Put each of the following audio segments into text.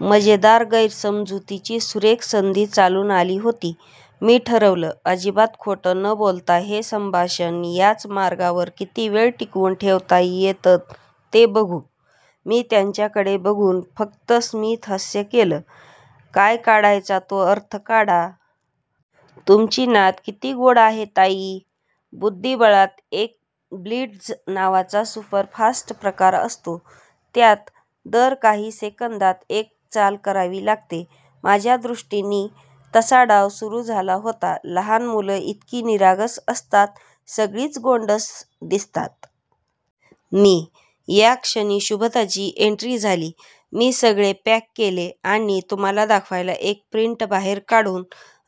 मजेदार गैरसमजुतीची सुरेख संधी चालून आली होती. मी ठरवलं. अजिबात खोटं न बोलता हे संभाषण याच मार्गावर किती वेळ टिकवून ठेवता येतं ते बघू! मी त्यांच्याकडे बघून फक्त स्मितहास्य केलं. काय काढायचा तो अर्थ काढा. "तुमची नात किती गोड आहे. " ताई. बुद्धिबळात एक 'ब्लिट्झ' नावाचा सुपरफास्ट प्रकार असतो. त्यात दर काही सेकंदात एक चाल करावी लागते. माझ्या दृष्टीनी तसा डाव सुरू झाला होता. "लहान मुलं इतकी निरागस असतात, सगळीच गोंडस दिसतात. " मी. या क्षणी शुभदाची एन्ट्री झाली. "मी सगळे पॅक केले आणि तुम्हाला दाखवायला एक प्रिंट बाहेर काढून"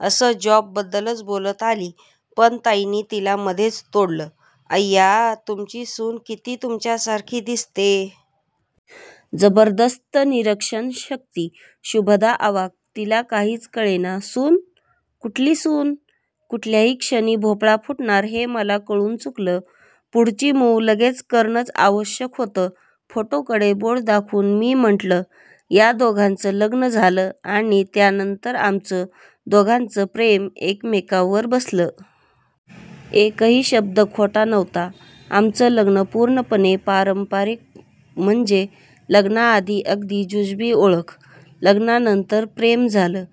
असं जॉबबद्दलच बोलत आली पण ताईंनी तिला मधेच तोडलं. "अय्या तुमची सून कित्ती तुमच्यासारखी दिसते! " जबरदस्त निरीक्षणशक्ती! शुभदा अवाक्! तिला काहीच कळेना. "सून? कुठली सून? "कुठल्याही क्षणी भोपळा फुटणार हे मला कळून चुकलं. पुढची मूव्ह लगेच करणंच आवश्यक होतं. फोटोकडे बोट दाखवून मी म्हटलं, "या दोघांचं लग्न झालं आणि त्यानंतर आमचं दोघांचं प्रेम एकमेकावर बसलं. " एकही शब्द खोटा नव्हता. आमचं लग्न पूर्णपणे पारंपारिक. म्हणजे लग्नाआधी अगदी जुजबी ओळख. लग्नानंतर प्रेम झालं.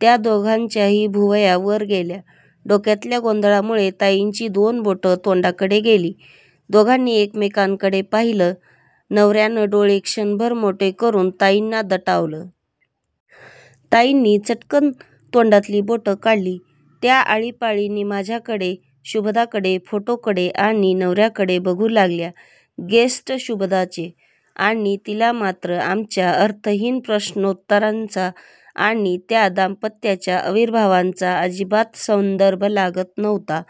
त्या दोघांच्याही भुवया वर गेल्या. डोक्यातल्या गोंधळामुळे ताईंची दोन बोटं तोंडाकडे गेली. दोघांनी एकमेकांकडे पाहिलं. नवर्यानं डोळे क्षणभर मोठे करून ताईंना दटावलं. ताईंनी चट्कन् तोंडातली बोटं काढली! त्या आळीपाळीनी माझ्याकडे, शुभदाकडे, फोटोकडे आणि नवर्याकडे बघू लागल्या. गेस्ट शुभदाचे. आणि तिला मात्र आमच्या अर्थहीन प्रश्नोत्तरांचा आणि त्या दाम्पत्याच्या आविर्भावांचा अजिबात संदर्भ लागत नव्हता.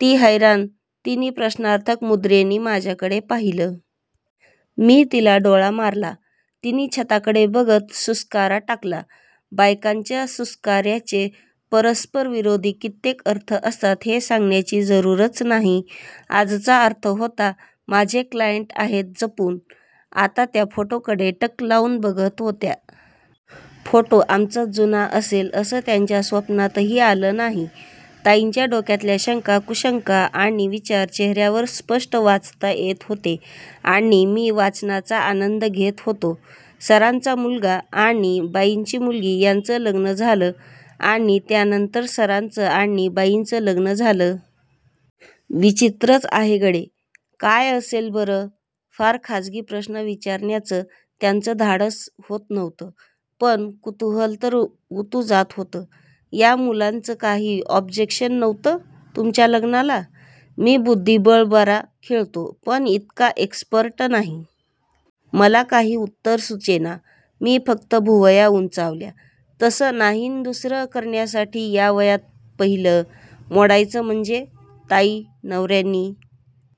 ती हैराण! तिनी प्रश्नार्थक मुद्रेनी माझ्याकडे पाहिलं. मी तिला डोळा मारला. तिनी छताकडे बघत सुस्कारा टाकला. बायकांच्या सुस्कार्याचे परस्परविरोधी कित्येक अर्थ असतात हे सांगण्याची जरूरच नाही. आजचा अर्थ होता, "माझे क्लायंट आहेत. जपून. "आता त्या फोटोकडे टक लावून बघत होत्या. फोटो आमचाच जुना असेल असं त्यांच्या स्वप्नातही आलं नाही. ताईंच्या डोक्यातल्या शंका कुशंका आणि विचार चेहर्यावर स्पष्ट वाचता येत होते आणि मी वाचनाचा आनंद घेत होतो. 'सरांचा मुलगा आणि बाईंची मुलगी यांचं लग्न झालं आणि त्यानंतर सरांचं आणि बाईंचं लग्न झालं? ' विचित्रच आहे गडे. काय असेल बरं? फार खाजगी प्रश्न विचारण्याचं त्यांचं धाडस होत नव्हतं. पण कुतूहल तर उतू जात होतं. "या मुलांचं काही ऑब्जेक्शन नव्हतं तुमच्या लग्नाला? मी बुद्धिबळ बरा खेळतो पण इतका एक्सपर्ट नाही. मला काही उत्तर सुचेना. मी फक्त भुवया उंचावल्या. "तसं नाहीणदुसरं करण्यासाठी या वयात पहिलं मोडायचं म्हणजे. ताई. नवर्यानी